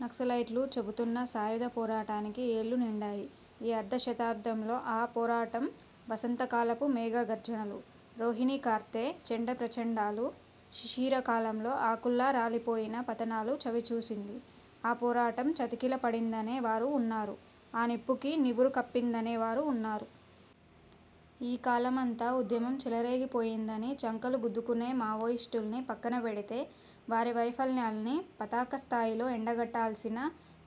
'నక్సలైట్లు' చెబుతున్న సాయుధ పోరాటానికి ఏళ్లు నిండాయి. ఈ అర్ధ శతాబ్దంలో ఆ పోరాటం 'వసంత కాలపు మేఘ గర్జనలు', రోహిణీ కార్తె చండ ప్రచండాలు, శిశిర కాలంలో ఆకుల్లా రాలిపోయిన పతనాలు చవిచూసింది. ఆ పోరాటం చతికిల పడిందనే వారూ వున్నారు. ఆ నిప్పుకి నివురు కప్పిందనే వారూ వున్నారు. ఈ కాలమంతా ఉద్యమం చెలరేగిపోయిందని చంకలు గుద్దుకునే మావోయిస్టుల్ని పక్కనపెడితే వారి వైఫల్యాన్ని పతాక స్థాయిలో ఎండగట్టాల్సిన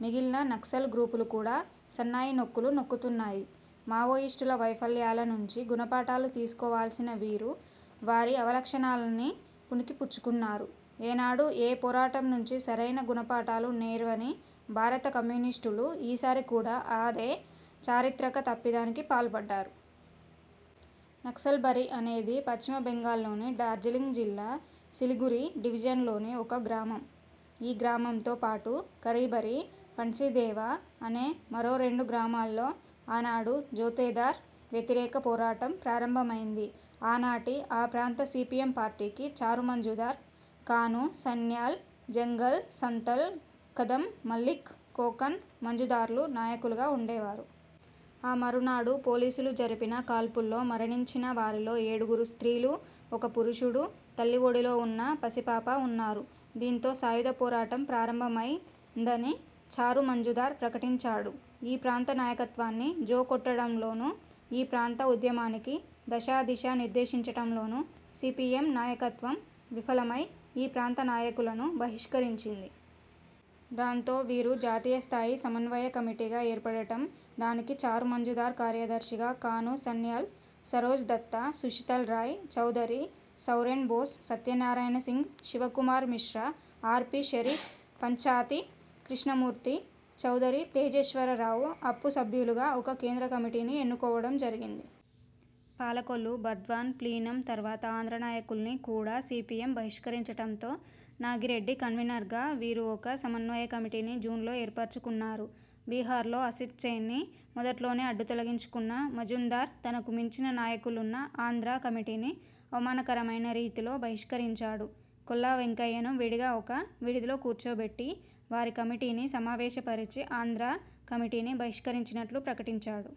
మిగిలిన నక్సల్ గ్రూపులు కూడా సన్నాయి నొక్కులు నొక్కుతున్నాయి. మావోయిస్టుల వైఫల్యాల నుంచి గుణపాఠాలు తీసుకోవాల్సిన వీరు వారి అవలక్షణాలన్నీ పుణికి పుచ్చుకున్నారు. ఏనాడూ ఏ పోరాటం నుంచి సరైన గుణపాఠాలు నేర్వని భారత కమ్యూనిస్టులు ఈసారి కూడా ఆదే 'చారిత్రక తప్పిదానికి' పాల్పడ్డారు. 'నక్సల్బరీ' అనేది పశ్చిమ బెంగాల్లోని డార్జిలింగ్ జిల్లా సిలిగురి డివిజన్లోని ఒక గ్రామం. ఈ గ్రామంతో పాటు ఖరిభరి, ఫన్సిదేవ అనే మరో రెండు గ్రామాల్లో ఆనాడు జోతేదార్ వ్యతిరేక పోరాటం ప్రారంభమైంది. ఆనాటి ఆ ప్రాంత సీపీఎం పార్టీకి చారుమజుందార్, కానూ సన్యాల్, జంగల్ సంతల్, ఖదం మల్లిక్, కోకన్ మజుందార్లు నాయకులుగా వుండేవారు. ఆ మరునాడు పోలీసులు జరిపిన కాల్పుల్లో మరణించిన వారిలో ఏడుగురు స్త్రీలు, ఒక పురుషుడు, తల్లి ఒడిలో వున్న పసిపాప వున్నారు. దీంతో సాయుధ పోరాటం ప్రారంభమైం దని చారుమజుందార్ ప్రకటించాడు. ఈ ప్రాంత నాయకత్వాన్ని జో కొట్టడంలోనూ, ఈ ప్రాంత ఉద్యమానికి దశాదిశా నిర్దేశించటంలోనూ సీపీఎం నాయకత్వం విఫలమై ఈ ప్రాంత నాయకులను బహిష్కరించింది. దాంతో వీరు జాతీయస్థాయి సమన్వయ కమిటీగా ఏర్పడటం దానికి చారు మoజుందార్ కార్యదర్శిగా, కానూ సన్యాల్, సరోజ్ దత్తా, సుషితల్ రాయ్ చౌదరి, సౌరేన్ బోస్, సత్యనారాయణ సింగ్, శివకుమార్ మిశ్రా ఆర్. పి. షరీఫ్, పంచాతీకృష్ణమూర్తి, చౌదరి తేజేశ్వర రావు, అప్పు సభ్యులుగా ఒక కేంద్రకమిటీని ఎన్నుకోవటం జరిగింది. పాలకొల్లు, బర్ద్వాన్ ప్లీనం తర్వాత ఆంధ్రానాయకుల్ని కూడా సీపీఎం బహిష్కరించటంతో నాగిరెడ్డి కన్వీనర్గా వీరూ ఒక సమన్వయ కమిటీని జూన్లో ఏర్పరచుకున్నారు. బీహార్లో అసిత్సేన్ని మొదట్లోనే అడ్డు తొలగించుకున్న మజుందార్ తనకు మించిన నాయకులున్న ఆంధ్రా కమిటీని అవమానకరమైన రీతిలో బహిష్కరించాడు. కొల్లా వెంకయ్యను విడిగా ఒక విడిదిలో కూర్చోబెట్టి వారి కమిటీని సమావేశపరిచి ఆంధ్రా కమిటీని బహిష్కరించినట్లు ప్రకటించాడు.